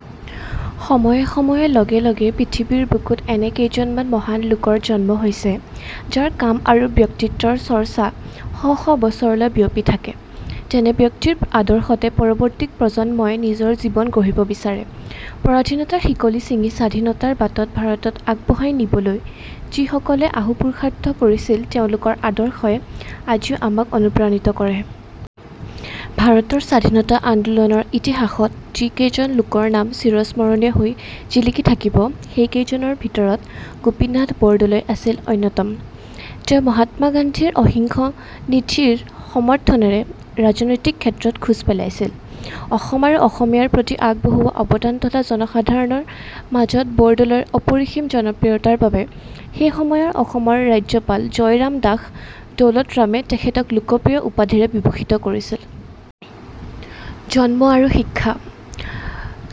পৰিচয়: সময়ে সময়ে লগে লগে পৃথিৱীৰ বুকুত এনে কেইজমান মহান লোকৰ জন্ম হৈছে যাৰ কাম আৰু ব্যক্তিত্বৰ চৰ্চা শ শ বছৰলৈ বিয়পি থাকে। তেনে ব্যক্তিৰ আদৰ্শতে পৰৱৰ্তী প্ৰজন্মই নিজৰ জীৱন গঢ়িব বিচাৰে। পৰাধীনতাৰ শিকলি ছিঙি স্বাধীনতাৰ বাটত ভাৰতক আগবঢ়াই নিবলৈ যিসকলে অহোপুষাৰ্থ কৰিছিল তেওঁলোকৰ আদৰ্শই আজিও আমাক অনুপ্ৰাণিত কৰে। ভাৰতৰ স্বাধীনতা আন্দোলনৰ ইতিহাসত যি কেইজন লোকৰ নাম চিৰস্মৰণীয় হৈ জিলিকি থাকিব সেইকেইজনৰ ভিতৰত গোপীনাথ বৰদলৈ আছিল অন্যতম। তেঁও মহাত্মা গান্ধীৰ অহিংস নীতিৰ সমৰ্থনেৰে ৰাজনৈতিক ক্ষেত্ৰত খোজ পেলাইছিল। অসম আৰু অসমীয়াৰ প্ৰতি আগবঢ়োৱা অৱদান তথা জনসাধাৰণৰ মাজত বৰদলৈৰ অপৰিসীম জনপ্ৰিয়তাৰ বাবে সেই সময়ৰ অসমৰ ৰাজ্যপাল জয়ৰাম দাস দৌলতৰামে তেখেতক "লোকপ্ৰিয়" উপাধিৰে বিভূষিত কৰিছিল। জন্ম আৰু শিক্ষা: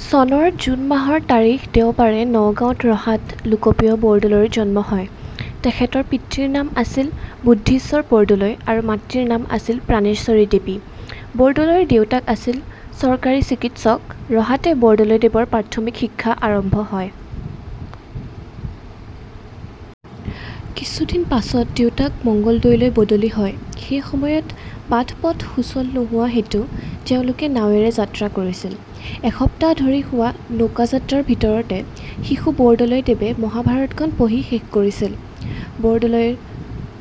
চনৰ জুন মাহৰ তাৰিখ দেওবাৰে নগাঁওৰ ৰহাত লোকপ্ৰিয় বৰদলৈৰ জন্ম হয়। তেখেতৰ পিতৃৰ নাম আছিল বুদ্ধিশ্বৰ বৰদলৈ আৰু মাতৃৰ নাম আছিল প্ৰাণেশ্বৰী দেৱী। বৰদলৈৰ দেউতাক আছিল চৰকাৰী চিকিৎসক। ৰহাতে বৰদলৈদেৱৰ প্ৰাথমিক শিক্ষা আৰম্ভ হয়। কিছুদিন পাছত দেউতাক মঙলদৈলৈ বদলি হয়। সেই সময়ত বাট-পথ সুচল নোহোৱা হেতু তেওঁলোকে নাৱেৰে যাত্ৰা কৰিছিল। এসপ্তাহ ধৰি হোৱা নৌকাযাত্ৰাৰ ভিতৰতে শিশু বৰদলৈদেৱে মহাভাৰতখন পঢ়ি শেষ কৰিছিল। বৰদলৈৰ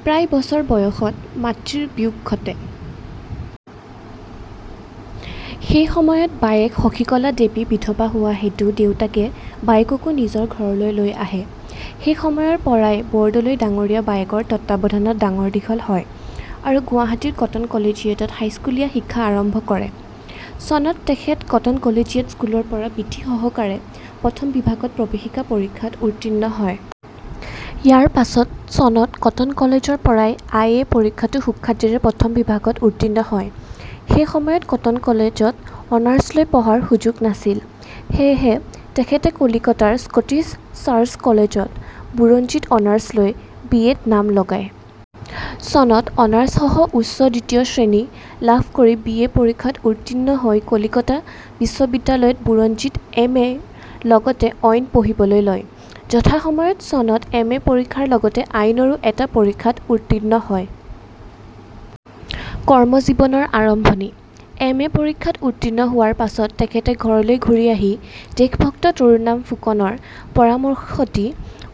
প্ৰায় বছৰ বয়সত মাতৃৰ বিয়োগ ঘটে। সেই সময়ত বায়েক শশীকলা দেৱী বিধৱা হোৱা হেতু দেউতাকে বায়েককো নিজৰ ঘৰলৈ লৈ আহে। সেই সময়ৰ পৰাই বৰদলৈ ডাঙৰীয়া বায়েকৰ তত্বাৱধানত ডাঙৰ দীঘল হয় আৰু গুৱাহাটীৰ কটন কলেজিয়েটত হাইস্কুলীয়া শিক্ষা আৰম্ভ কৰে। চনত তেখেত কটন কলেজিয়েট স্কুলৰ পৰা বৃত্তি সহকাৰে প্ৰথম বিভাগত প্ৰৱেশিকা পৰীক্ষাত উত্তীৰ্ণ হয়। ইয়াৰ পাছত চনত কটন কলেজৰ পৰাই আই এ পৰীক্ষাতো সুখ্যাতিৰে প্ৰথম বিভাগত উত্তীৰ্ণ হয়। সেই সময়ত কটন কলেজত অনাৰ্চ লৈ পঢ়াৰ সুযোগ নাছিল, সেয়েহে তেখেতে কলিকতাৰ স্কটিচ চাৰ্চ কলেজত বুৰঞ্জীত অনাৰ্চ লৈ বি এত নাম লগায়। চনত অনাৰ্চসহ উচ্চ দ্বিতীয় শ্ৰেণী লাভ কৰি বি এ পৰীক্ষাত উত্তীৰ্ণ হৈ কলিকতা বিশ্ববিদ্যালয়ত বুৰঞ্জীত এম এৰ লগতে অইন পঢ়িবলৈ লয়। যথা সময়ত চনত এম এ পৰীক্ষাৰ লগতে আইনৰো এটা পৰীক্ষাত উত্তীৰ্ণ হয়। কৰ্ম জীৱনৰ আৰম্ভণী: এম এ পৰীক্ষাত উত্তীৰ্ণ হোৱাৰ পাছত তেখেতে ঘৰলৈ ঘূৰি আহি দেশভক্ত তৰুণৰাম ফুকনৰ পৰামৰ্শতি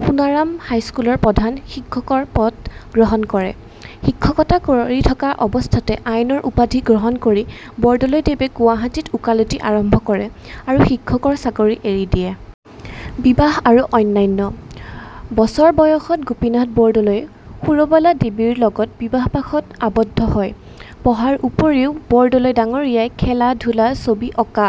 সোণাৰাম হাইস্কুলৰ প্ৰধান শিক্ষকৰ পদ গ্ৰহণ কৰে। শিক্ষকতা কৰি থকা অৱস্থাতে আইনৰ উপাধি গ্ৰহণ কৰি বৰদলৈদেৱে গুৱাহাটীত ওকালতি আৰম্ভ কৰে আৰু শিক্ষকৰ চাকৰি এৰি দিয়ে। বিবাহ আৰু অন্যান্য: বছৰ বয়সত গোপীনাথ বৰদলৈ সুৰবালা দেবীৰ লগত বিবাহ-পাশত আবদ্ধ হয়। পঢ়াৰ উপৰিও বৰদলৈ ডাঙৰীয়াই খেলা-ধূলা, ছবি অকা,